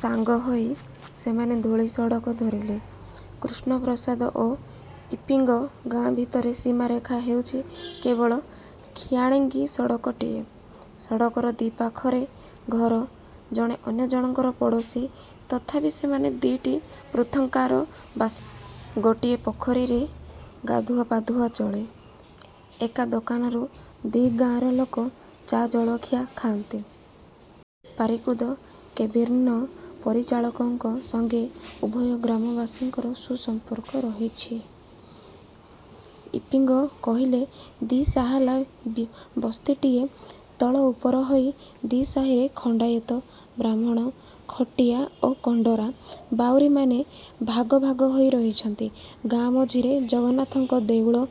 ସାଙ୍ଗ ହୋଇ ସେମାନେ ଧୂଳିସଡ଼କ ଧରିଲେ। କୃଷ୍ଣପ୍ରସାଦ ଓ ଇପିଙ୍ଗ ଗାଁ ଭିତରେ ସୀମାରେଖା ହେଉଛି କେବଳ କ୍ଷୀଣାଙ୍ଗୀ ସଡ଼କଟିଏ। ସଡ଼କର ଦି'ପାଖରେ ଘର। ଜଣେ ଅନ୍ୟଜଣଙ୍କର ପଡ଼ୋଶୀ। ତଥାପି ସେମାନେ ଦି'ଟି ପୃଥକ୍ଗାଁର ବାସିନ୍ଦା। ଗୋଟିଏ ପୋଖରୀରେ ଗାଧୁଆ ପାଧୁଆ ଚଳେ। ଏକା ଦୋକାନରୁ ଦି' ଗାଁର ଲୋକ ଚା' ଜଳଖିଆ ଖାଆନ୍ତି। ପାରିକୁଦ କେବିନ୍ର ପରିଚାଳକଙ୍କ ସଙ୍ଗେ ଉଭୟ ଗ୍ରାମବାସୀଙ୍କର ସୁସମ୍ପର୍କ ରହିଛି। ଇପିଙ୍ଗ କହିଲେ ଦି' ସାହାଲା ବସ୍ତିଟିଏ। ତଳ ଉପର ହୋଇ ଦି'ସାହୀରେ ଖଣ୍ଡାୟତ, ବ୍ରାହ୍ମଣ, ଖଟିଆ ଓ କଣ୍ଡରା ବାଉରୀମାନେ ଭାଗ ଭାଗ ହୋଇ ରହିଛନ୍ତି। ଗାଁ ମଝିରେ ଜଗନ୍ନାଥଙ୍କ ଦେଉଳ।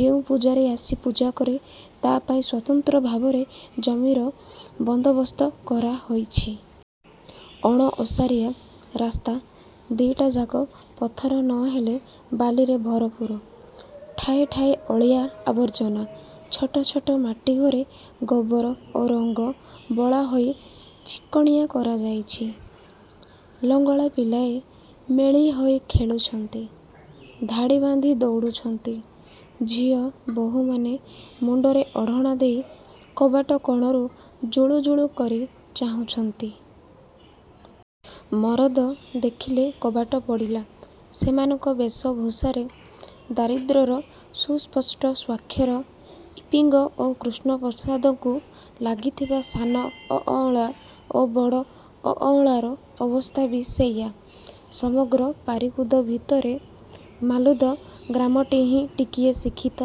ଯେଉଁ ପୂଜାରୀ ଆସି ପୂଜା କରେ, ତା' ପାଇଁ ସ୍ୱତନ୍ତ୍ର ଭାବରେ ଜମିର ବନ୍ଦୋବସ୍ତ କରାହୋଇଛି। ଅଣଓସାରିଆ ରାସ୍ତା ଦି'ଟାଯାକ ପଥର ନ ହେଲେ ବାଲିରେ ଭରପୂର। ଠାଏ, ଠାଏ ଅଳିଆ ଆବର୍ଜନା। ଛୋଟ ଛୋଟ ମାଟିଘରେ ଗୋବର ଓ ରଙ୍ଗ ବୋଳା ହୋଇ ଚିକ୍କଣିଆ କରାଯାଇଛି। ଲଙ୍ଗଳା ପିଲାଏ ମେଳିହୋଇ ଖେଳୁଛନ୍ତି। ଧାଡ଼ିବାନ୍ଧି ଦଉଡ଼ୁଛନ୍ତି। ଝିଅ ବୋହୂମାନେ ମୁଣ୍ଡରେ ଓଢ଼ଣା ଦେଇ କବାଟ କୋଣରୁ ଜୁଳୁ ଜୁଳୁ କରି ଚାହିଁଛନ୍ତି। ମରଦ ଦେଖିଲେ କବାଟ ପଡ଼ିଲା। ସେମାନଙ୍କ ବେଶଭୂଷାରେ ଦାରିଦ୍ର୍ୟର ସୁସ୍ପଷ୍ଟ ସ୍ୱାକ୍ଷର। ଇପିଙ୍ଗ ଓ କୃଷ୍ଣପ୍ରସାଦକୁ ଲାଗିଥିବା ସାନ ଅଅଁଳା ଓ 'ବଡ଼ ଅଅଁଳାର ଅବସ୍ଥା ବି ସେଇଆ। ସମଗ୍ର ପାରିକୁଦ ଭିତରେ ମାଲୁଦ ଗ୍ରାମଟିହିଁ ଟିକିଏ ଶିକ୍ଷିତ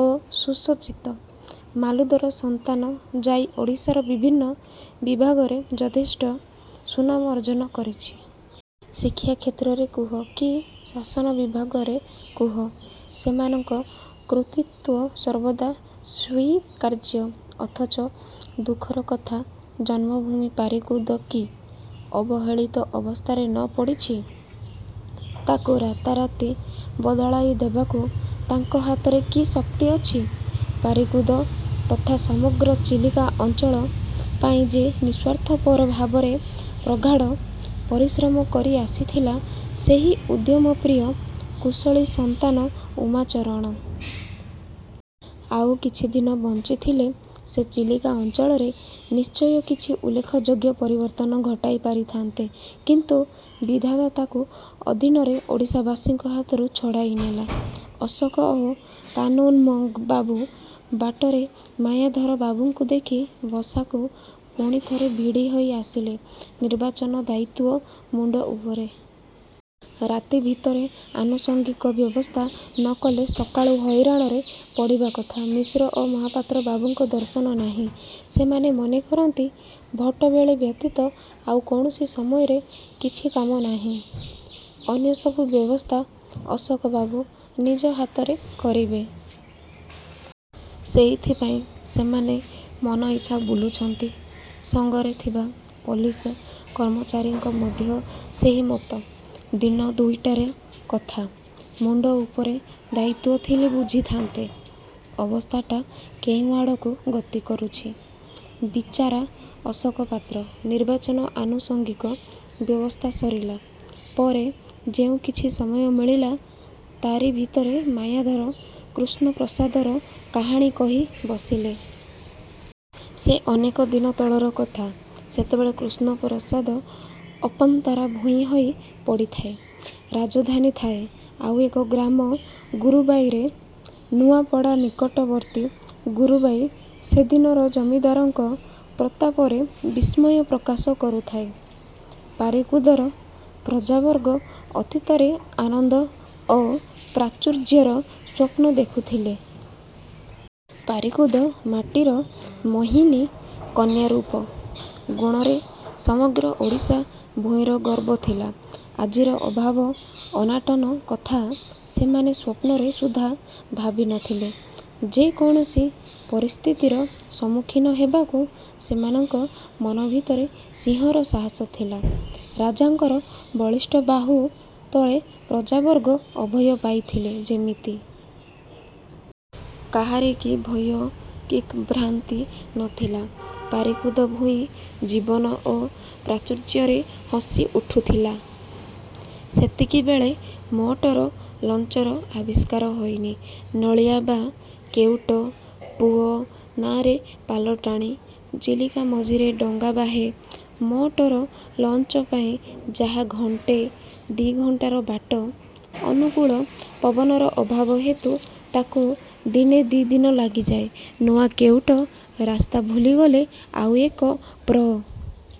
ଓ ସୁସଜ୍ଜିତ। ମାଲୁଦର ସନ୍ତାନ ଯାଇ ଓଡ଼ିଶାର ବିଭିନ୍ନ ବିଭାଗରେ ଯଥେଷ୍ଟ ସୁନାମ ଅର୍ଜନ କରିଛନ୍ତି। ଶିକ୍ଷା କ୍ଷେତ୍ରରେ କୁହ, କି ଶାସନ ବିଭାଗରେ କୁହ ସେମାନଙ୍କ କୃତିତ୍ୱ ସର୍ବଦା ସ୍ୱୀକାର୍ଯ୍ୟ। ଅଥଚ ଦୁଃଖର କଥା ଜନ୍ମଭୂମି ପାରିକୁଦ କି ଅବହେଳିତ ଅବସ୍ଥାରେ ନ ପଡ଼ିଛି? ତାକୁ ରାତାରାତି ବଦଳାଇ ଦେବାକୁ ବା ତାଙ୍କ ହାତରେ କି ଶକ୍ତି ଅଛି? ପାରିକୁଦ ତଥା ସମଗ୍ର ଚିଲିକା ଅଞ୍ଚଳ ପାଇଁ ଯେ ନିଃସ୍ୱାର୍ଥପର ଭାବରେ ପ୍ରଗାଢ଼ ପରିଶ୍ରମ କରି ଆସିଥିଲା ସେହି ଉଦ୍ୟମ ପ୍ରିୟ, କୁଶଳୀ ସନ୍ତାନ ଉମାଚରଣଙ୍କୁ କି କିଏ ଭୁଲିଯାଇ ପାରିବ? ଆଉ କିଛିଦିନ ବଞ୍ଚିଥିଲେ ସେ ଚିଲିକା ଅଞ୍ଚଳରେ ନିଶ୍ଚୟ କିଛି ଉଲ୍ଲେଖ ଯୋଗ୍ୟ ପରିବର୍ତ୍ତନ ଘଟାଇ ପାରିଥାନ୍ତେ। କିନ୍ତୁ ବିଧାତା ତାଙ୍କୁ ଅଦିନରେ ଓଡ଼ିଶାବାସୀଙ୍କ ହାତରୁ ଛଡ଼ାଇ ନେଲା। ଅଶୋକ ଓ କାନୁନ୍ଗୋବାବୁ ବାଟରେ ମାୟାଧର ବାବୁଙ୍କୁ ଦେଖି ବସାକୁ ପୁଣିଥରେ ଭିଡ଼ିହୋଇ ଆସିଲେ। ନିର୍ବାଚନ ଦାୟିତ୍ୱ ମୁଣ୍ଡଉପରେ। ରାତି ଭିତରେ ଆନୁସଙ୍ଗିକ ବ୍ୟବସ୍ଥା ନ କଲେ ସକାଳୁ ହଇରାଣରେ ପଡ଼ିବା କଥା। ମିଶ୍ର ଓ ମହାପାତ୍ର ବାବୁଙ୍କ ଦର୍ଶନ ନାହିଁ। ସେମାନେ ମନେ କରନ୍ତି, ଭୋଟବେଳ ବ୍ୟତୀତ ଆଉ କୌଣସି ସମୟରେ କିଛି କାମ ନାହିଁ। ଅନ୍ୟ ସବୁ ବ୍ୟବସ୍ଥା ଅଶୋକବାବୁ ନିଜ ହାତରେ କରିବେ। ସେଇଥିପାଇଁ ସେମାନେ ମନଇଚ୍ଛା ବୁଲୁଛନ୍ତି। ସଙ୍ଗରେ ଥିବା ପୋଲିସ କର୍ମଚାରୀଙ୍କ ମଧ୍ୟ ସେହି ମତ। ଦିନ ଦୁଇଟାର କଥା! ମୁଣ୍ଡ ଉପରେ ଦାୟିତ୍ୱ ଥିଲେ ବୁଝିଥାନ୍ତେ, ଅବସ୍ଥାଟା କେଉଁଆଡ଼କୁ ଗତି କରୁଚି। ବିଚାରା ଅଶୋକ ପାତ୍ର!! ନିର୍ବାଚନ ଆନୁସଙ୍ଗିକ ବ୍ୟବସ୍ଥା ସରିଲା ପରେ ଯେଉଁ କିଛି ସମୟ ମିଳିଲା, ତାରି ଭିତରେ ମାୟାଧର କୃଷ୍ଣପ୍ରସାଦର କାହାଣୀ କହି ବସିଲେ। ସେ ଅନେକ ଦିନ ତଳର କଥା— ସେତେବେଳେ କୃଷ୍ଣପ୍ରସାଦ ଅପନ୍ତରା ଭୂଇଁ ହୋଇ ପଡ଼ିଥାଏ। ରାଜଧାନୀ ଥାଏ ଆଉ ଏକ ଗ୍ରାମ 'ଗୁରୁବାଇ'ରେ। ନୂଆପଡ଼ା ନିକଟବର୍ତ୍ତୀ 'ଗୁରୁବାଇ' ସେ ଦିନର ଜମିଦାରଙ୍କ ପ୍ରତାପରେ ବିସ୍ମୟ ପ୍ରକାଶ କରୁଥାଏ। ପାରିକୁଦର ପ୍ରଜାବର୍ଗ ଅତୀତରେ ଆନନ୍ଦ ଓ ପ୍ରାଚୁର୍ଯ୍ୟର ସ୍ୱପ୍ନ ଦେଖୁଥିଲେ। ପାରିକୁଦ ମାଟିର ମୋହିନୀ–କନ୍ୟା ରୂପ; ଗୁଣରେ ସମଗ୍ର ଓଡ଼ିଶା ଭୂଇଁର ଗର୍ବ ଥିଲା। ଆଜିର ଅଭାବ ଅନାଟନ କଥା ସେମାନେ ସ୍ୱପ୍ନରେ ସୁଦ୍ଧା ଭାବି ନ ଥିଲେ। ଯେ କୌଣସି ପରିସ୍ଥିତିର ସମ୍ମୁଖୀନ ହେବାକୁ ସେମାନଙ୍କ ମନଭିତରେ ସିଂହର ସାହସ ଥିଲା। ରାଜାଙ୍କର ବଳିଷ୍ଠ ବାହୁ ତଳେ ପ୍ରଜାବର୍ଗ ଅଭୟ ପାଇଥିଲେ ଯେମିତି! କାହାରିକି ଭୟ କି ଭ୍ରାନ୍ତି ନ ଥିଲା। ପାରିକୁଦ ଭୂଇଁ ଜୀବନ ଓ ପ୍ରାଚୁର୍ଯ୍ୟରେ ହସି ଉଠୁଥିଲା। ସେତିକିବେଳେ ମୋଟର ଲଞ୍ଚର ଆବିଷ୍କାର ହୋଇନି! ନୋଳିଆ ବା କେଉଟ ପୁଅ ନାଆରେ ପାଲଟାଣି ଚିଲିକା ମଝିରେ ଡଙ୍ଗା ବାହେ। ମୋଟର ଲଞ୍ଚପାଇଁ ଯାହା ଘଣ୍ଟେ ଦି'ଘଣ୍ଟାର ବାଟ, ଅନୁକୂଳ ପବନର ଅଭାବ ହେତୁ ତାକୁ ଦିନେ ଦି'ଦିନ ଲାଗିଯାଏ! ନୂଆ କେଉଟ ରାସ୍ତା ଭୁଲିଗଲେ ଆଉ ଏକ ପ୍ରମାଦ।